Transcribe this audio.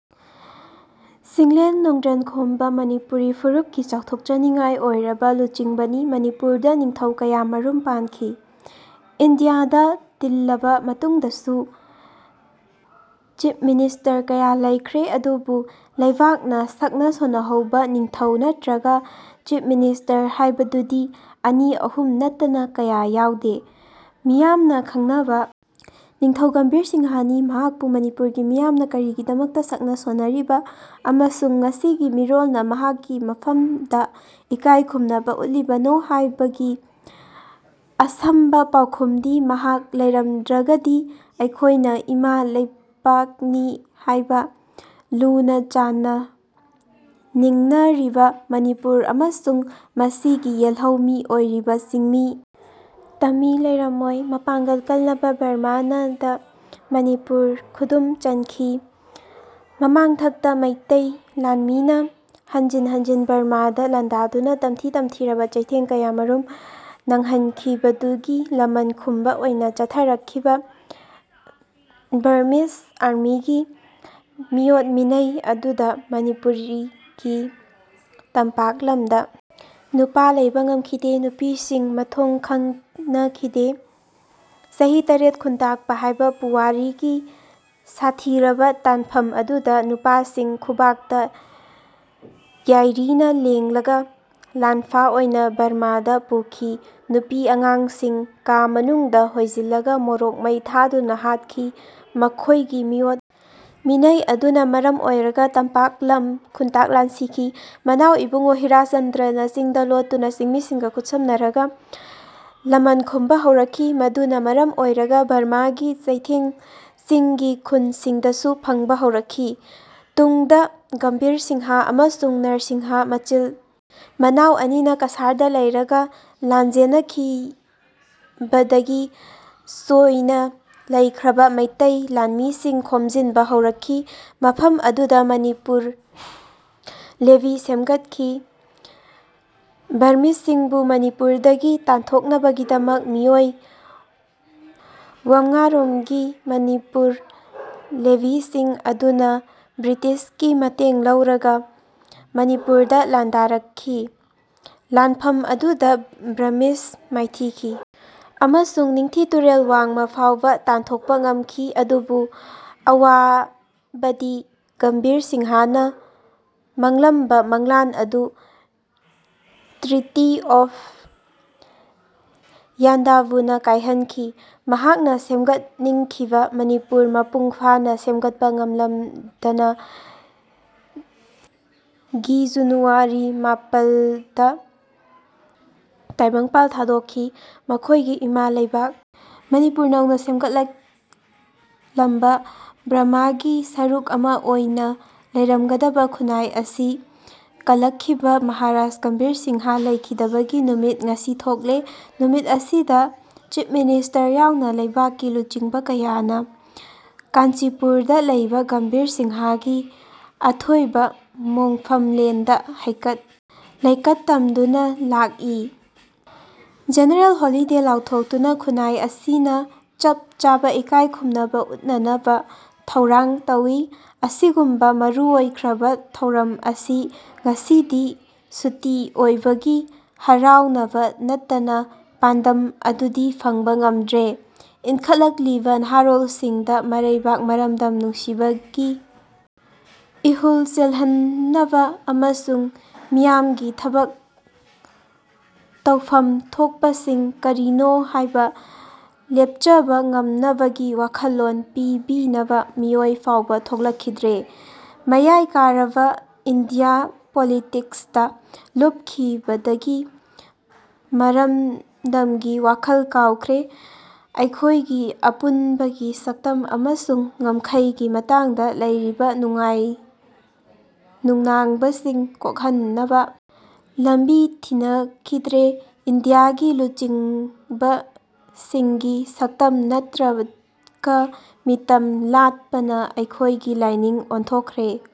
ꯆꯤꯡꯂꯦꯟ ꯅꯣꯡꯗ꯭ꯔꯦꯟꯈꯣꯝꯕ ꯃꯅꯤꯄꯨꯔꯤ ꯐꯨꯔꯨꯞꯀꯤ ꯆꯥꯎꯊꯣꯛꯆꯅꯤꯉꯥꯏ ꯑꯣꯏꯔꯕ ꯂꯨꯆꯤꯡꯕꯅꯤ ꯃꯅꯤꯄꯨꯔꯗ ꯅꯤꯡꯊꯧ ꯀꯌꯥꯃꯔꯨꯝ ꯄꯥꯟꯈꯤ꯫ ꯏꯟꯗꯤꯌꯥꯗ ꯇꯤꯜꯂꯕ ꯃꯇꯨꯡꯗꯁꯨ ꯆꯤꯐ ꯃꯤꯅꯤꯁꯇꯔ ꯀꯌꯥ ꯂꯩꯈ꯭ꯔꯦ꯫ ꯑꯗꯨꯕꯨ ꯂꯩꯕꯥꯛꯅ ꯁꯛꯅ-ꯁꯣꯟꯅꯍꯧꯕ ꯅꯤꯡꯊꯧ ꯅꯠꯇ꯭ꯔꯒ ꯆꯤꯐ ꯃꯤꯅꯤꯁꯇꯔ ꯍꯥꯏꯕꯗꯨꯗꯤ ꯑꯅꯤ ꯑꯍꯨꯝ ꯅꯠꯇꯅ ꯀꯌꯥ ꯌꯥꯎꯗꯦ꯫ ꯃꯤꯌꯥꯝꯅ ꯈꯪꯅꯕ ꯅꯤꯡꯊꯧ ꯒꯝꯚꯤꯔ ꯁꯤꯡꯍꯅꯤ꯫ ꯃꯍꯥꯛꯄꯨ ꯃꯅꯤꯄꯨꯔꯒꯤ ꯃꯤꯌꯥꯝꯅ ꯀꯔꯤꯒꯤꯗꯃꯛꯇ ꯁꯛꯅ-ꯁꯣꯟꯅꯔꯤꯕ ꯑꯃꯁꯨꯡ ꯉꯁꯤꯒꯤ ꯃꯤꯔꯣꯜꯅ ꯃꯍꯥꯛꯀꯤ ꯃꯐꯝꯗ ꯏꯀꯥꯏ ꯈꯨꯝꯅꯕ ꯎꯠꯂꯤꯕꯅꯣ ꯍꯥꯏꯕꯒꯤ ꯑꯁꯝꯕ ꯄꯥꯎꯈꯨꯝꯗꯤ ꯃꯍꯥꯛ ꯂꯩꯔꯝꯗ꯭ꯔꯒꯗꯤ ꯑꯩꯈꯣꯏꯅ ꯏꯃꯥ ꯂꯩꯄꯥꯛꯅꯤ ꯍꯥꯏꯅ ꯂꯨꯅ-ꯆꯥꯟꯅ ꯅꯤꯡꯅꯔꯤꯕ ꯃꯅꯤꯄꯨꯔ ꯑꯃꯁꯨꯡ ꯃꯁꯤꯒꯤ ꯌꯦꯜꯍꯧꯃꯤ ꯑꯣꯏꯔꯤꯕ ꯆꯤꯡꯃꯤ ꯇꯝꯃꯤ ꯂꯩꯔꯝꯃꯣꯏ꯫ ꯃꯄꯥꯡꯒꯜ ꯀꯜꯂꯕ ꯕꯔꯃꯥꯅ ꯗ ꯃꯅꯤꯄꯨꯔ ꯈꯨꯗꯨꯝ ꯆꯟꯈꯤ꯫ ꯃꯃꯥꯡꯊꯛꯇ ꯃꯩꯇꯩ ꯂꯥꯟꯃꯤꯅ ꯍꯟꯖꯤꯟ ꯍꯟꯖꯤꯟ ꯕꯔꯝꯃꯥꯗ ꯂꯥꯟꯗꯥꯗꯨꯅ ꯇꯝꯊꯤ ꯇꯝꯊꯤꯔꯕ ꯆꯩꯊꯦꯡ ꯀꯌꯥꯃꯔꯨꯝ ꯅꯡꯍꯟꯈꯤꯕꯗꯨꯒꯤ ꯂꯃꯟ ꯈꯨꯝꯕ ꯑꯣꯏꯅ ꯆꯠꯊꯔꯛꯈꯤꯕ ꯕꯔꯝꯃꯤꯖ ꯑꯥꯔꯃꯤꯒꯤ ꯃꯤꯑꯣꯠ ꯃꯤꯅꯩ ꯑꯗꯨꯗ ꯃꯅꯤꯄꯨꯔꯒꯤ ꯇꯝꯄꯥꯛ ꯂꯝꯗ ꯅꯨꯄꯥ ꯂꯩꯕ ꯉꯝꯈꯤꯗꯦ꯫ ꯅꯨꯄꯤꯁꯤꯡ ꯃꯊꯣꯡ ꯈꯪꯅꯈꯤꯗꯦ꯫ ꯆꯍꯤ ꯇꯔꯦꯠ ꯈꯨꯅꯇꯥꯛꯄ ꯍꯥꯏꯕ ꯄꯨꯋꯥꯔꯤꯒꯤ ꯁꯥꯠꯊꯤꯔꯕ ꯇꯥꯟꯐꯝ ꯑꯗꯨꯗ ꯅꯨꯄꯥꯁꯤꯡ ꯈꯨꯕꯥꯛꯇ ꯌꯥꯏꯔꯤꯅ ꯂꯦꯡꯂꯒ ꯂꯥꯟꯐꯥ ꯑꯣꯏꯅ ꯕꯔꯝꯃꯥꯗ ꯄꯨꯈꯤ꯫ ꯅꯨꯄꯤ ꯑꯉꯥꯡꯁꯤꯡ ꯀꯥ ꯃꯅꯨꯡꯗ ꯍꯣꯏꯖꯤꯜꯂꯒ ꯃꯣꯔꯣꯛ ꯃꯩ ꯊꯥꯗꯨꯅ ꯍꯥꯠꯈꯤ꯫ ꯃꯈꯣꯏꯒꯤ ꯃꯤꯑꯣꯠ ꯃꯤꯅꯩ ꯑꯗꯨꯅ ꯃꯔꯝ ꯑꯣꯏꯔꯒ ꯇꯝꯄꯥꯛ ꯂꯝ ꯈꯨꯟꯇꯥꯛ ꯂꯥꯟꯁꯤꯈꯤ꯫ ꯃꯅꯥꯎ ꯏꯕꯨꯉꯣ ꯍꯤꯔꯥꯆꯟꯗ꯭ꯔꯅ ꯆꯤꯡꯗ ꯂꯣꯠꯇꯨꯅ ꯆꯤꯡꯃꯤꯁꯤꯡꯒ ꯈꯨꯠꯁꯝꯅꯔꯒ ꯂꯃꯟ ꯈꯨꯝꯕ ꯍꯧꯔꯛꯈꯤ꯫ ꯃꯗꯨꯅ ꯃꯔꯝ ꯑꯣꯏꯔꯒ ꯕꯔꯝꯃꯥꯒꯤ ꯆꯩꯊꯦꯡ ꯆꯤꯡꯒꯤ ꯈꯨꯜꯁꯤꯡꯗꯁꯨ ꯐꯪꯕ ꯍꯧꯔꯛꯈꯤ꯫ ꯇꯨꯡꯗ ꯒꯝꯚꯤꯔ ꯁꯤꯡꯍ ꯑꯃꯁꯨꯡ ꯅꯔꯁꯤꯡꯍ ꯃꯆꯤꯜ ꯃꯅꯥꯎ ꯑꯅꯤꯅ ꯀꯁꯥꯔꯗ ꯂꯩꯔꯒ ꯂꯥꯟꯖꯦꯟꯅꯈꯤꯕꯗꯒꯤ ꯆꯣꯏꯅ ꯂꯩꯅꯈ꯭ꯔꯕ ꯃꯩꯇꯩ ꯂꯥꯟꯃꯤꯁꯤꯡ ꯈꯣꯝꯖꯤꯟꯕ ꯍꯧꯔꯛꯈꯤ꯫ ꯃꯐꯝ ꯑꯗꯨꯗ ꯃꯅꯤꯄꯨꯔ ꯂꯦꯚꯤ ꯁꯦꯝꯒꯠꯈꯤ꯫ ꯕꯔꯝꯃꯤꯖꯁꯤꯡꯕꯨ ꯃꯅꯤꯄꯨꯔꯗꯒꯤ ꯇꯥꯟꯊꯣꯛꯅꯕꯒꯤꯗꯃꯛ ꯃꯤꯑꯣꯏ ꯋꯝꯉꯥꯔꯣꯝꯒꯤ ꯃꯅꯤꯄꯨꯔ ꯂꯦꯚꯤꯁꯤꯡ ꯑꯗꯨꯅ ꯕ꯭ꯔꯤꯇꯤꯁꯀꯤ ꯃꯇꯦꯡ ꯂꯧꯔꯒ ꯃꯅꯤꯄꯨꯔꯗ ꯂꯥꯟꯗꯥꯔꯛꯈꯤ꯫ ꯂꯥꯟꯐꯝ ꯑꯗꯨꯗ ꯕꯔꯝꯃꯤꯖ ꯃꯥꯏꯊꯤꯈꯤ ꯑꯃꯁꯨꯡ ꯅꯤꯡꯊꯤ ꯇꯨꯔꯦꯜ ꯋꯥꯡꯃ ꯐꯥꯎꯕ ꯇꯥꯟꯊꯣꯛꯄ ꯉꯝꯈꯤ꯫ ꯑꯗꯨꯕꯨ ꯑꯋꯥꯕꯗꯤ ꯒꯝꯚꯤꯔ ꯁꯤꯡꯍꯅ ꯃꯪꯂꯝꯕ ꯃꯪꯂꯥꯟ ꯑꯗꯨ ꯇ꯭ꯔꯤꯇꯤ ꯑꯣꯐ ꯌꯥꯟꯗꯥꯕꯨꯅ ꯀꯥꯏꯍꯟꯈꯤ꯫ ꯃꯍꯥꯛꯅ ꯁꯦꯝꯒꯠꯅꯤꯡꯈꯤꯕ ꯃꯅꯤꯄꯨꯔ ꯃꯄꯨꯡ ꯐꯥꯅ ꯁꯦꯝꯒꯠꯄ ꯉꯝꯂꯝꯗꯅ ꯒꯤ ꯖꯥꯅꯨꯋꯥꯔꯤ ꯃꯄꯜꯗ ꯇꯥꯏꯕꯪꯄꯥꯜ ꯊꯥꯗꯣꯛꯈꯤ꯫ ꯃꯈꯣꯏꯒꯤ ꯏꯃꯥ ꯂꯩꯕꯥꯛ ꯃꯅꯤꯄꯨꯔ ꯅꯧꯅ ꯁꯦꯃꯒꯠꯂꯝꯕ, ꯕꯔꯝꯃꯥꯒꯤ ꯁꯔꯨꯛ ꯑꯃ ꯑꯣꯏꯅ ꯂꯩꯔꯝꯒꯗꯕ ꯈꯨꯟꯅꯥꯏ ꯑꯁꯤ ꯀꯜꯂꯛꯈꯤꯕ ꯃꯍꯥꯔꯥꯖ ꯒꯝꯚꯤꯔ ꯁꯤꯡꯍ ꯂꯩꯈꯤꯗꯕꯒꯤ ꯅꯨꯃꯤꯠ ꯉꯁꯤ ꯊꯣꯛꯂꯦ꯫ ꯅꯨꯃꯤꯠ ꯑꯁꯤꯗ ꯆꯤꯐ ꯃꯤꯅꯤꯁꯇꯔ ꯌꯥꯎꯅ ꯂꯩꯕꯥꯛꯀꯤ ꯂꯨꯆꯤꯡꯕ ꯀꯌꯥꯅ ꯀꯥꯟꯆꯤꯄꯨꯔꯗ ꯂꯩꯕ ꯒꯝꯚꯤꯔ ꯁꯤꯡꯍꯒꯤ ꯑꯊꯣꯏꯕ ꯃꯣꯐꯝꯂꯦꯟꯗ ꯍꯩꯀꯠ ꯂꯩꯀꯠ ꯇꯝꯗꯨꯅ ꯂꯥꯛꯏ꯫ ꯖꯦꯅꯔꯦꯜ ꯍꯣꯂꯤꯗꯦ ꯂꯥꯎꯊꯣꯛꯇꯨꯅ ꯈꯨꯟꯅꯥꯏ ꯑꯁꯤꯅ ꯆꯞ ꯆꯥꯕ ꯏꯀꯥꯏ ꯈꯨꯝꯅꯕ ꯎꯠꯅꯅꯕ ꯊꯧꯔꯥꯡ ꯇꯧꯏ꯫ ꯑꯁꯤꯒꯨꯝꯕ ꯃꯔꯨꯑꯣꯏꯈ꯭ꯔꯕ ꯊꯧꯔꯝ ꯑꯁꯤ ꯉꯁꯤꯗꯤ ꯁꯨꯇꯤ ꯑꯣꯏꯕꯒꯤ ꯍꯔꯥꯎꯅꯕ ꯅꯠꯇꯅ ꯄꯥꯟꯗꯝ ꯑꯗꯨꯗꯤ ꯐꯪꯕ ꯉꯝꯗ꯭ꯔꯦ꯫ ꯏꯟꯈꯠꯂꯛꯂꯤꯕ ꯅꯍꯥꯔꯣꯜꯁꯤꯡꯗ ꯃꯔꯩꯕꯥꯛ ꯃꯔꯝꯗꯝ ꯅꯨꯡꯁꯤꯕꯒꯤ ꯏꯍꯨꯜ ꯆꯦꯜꯍꯟꯅꯕ ꯑꯃꯁꯨꯡ ꯃꯤꯌꯥꯝꯒꯤ ꯊꯕꯛ ꯇꯧꯐꯝ ꯊꯣꯛꯄꯁꯤꯡ ꯀꯔꯤꯅꯣ ꯍꯥꯏꯕ ꯂꯦꯞꯆꯕ ꯉꯝꯅꯕꯒꯤ ꯋꯥꯈꯜꯂꯣꯟ ꯄꯤꯕꯤꯅꯕ ꯃꯤꯑꯣꯏ ꯐꯥꯎꯕ ꯊꯣꯛꯂꯛꯈꯤꯗ꯭ꯔꯦ꯫ ꯃꯌꯥꯏ ꯀꯥꯔꯕ ꯏꯟꯗꯤꯌꯥ ꯄꯣꯂꯤꯇꯤꯛꯁꯇ ꯂꯨꯞꯈꯤꯕꯗꯒꯤ ꯃꯔꯝꯗꯝꯒꯤ ꯋꯥꯈꯜ ꯀꯥꯎꯈ꯭ꯔꯦ꯫ ꯑꯩꯈꯣꯏꯒꯤ ꯑꯄꯨꯟꯕꯒꯤ ꯁꯛꯇꯝ ꯑꯃꯁꯨꯡ ꯉꯝꯈꯩꯒꯤ ꯃꯇꯥꯡꯗ ꯂꯩꯔꯤꯕ ꯅꯨꯡꯅꯥꯡꯕꯁꯤꯡ ꯀꯣꯛꯍꯟꯅꯕ ꯂꯝꯕꯤ ꯊꯤꯅꯈꯤꯗ꯭ꯔꯦ꯫ ꯏꯟꯗꯤꯌꯥꯒꯤ ꯂꯨꯆꯤꯡꯕꯁꯤꯡꯒꯤ ꯁꯛꯇꯝ ꯅꯠꯇ꯭ꯔꯒ ꯃꯤꯇꯝ ꯂꯥꯠꯄꯅ ꯑꯩꯈꯣꯏꯒꯤ ꯂꯥꯏꯅꯤꯡ ꯑꯣꯟꯊꯣꯛꯈꯔꯦ꯫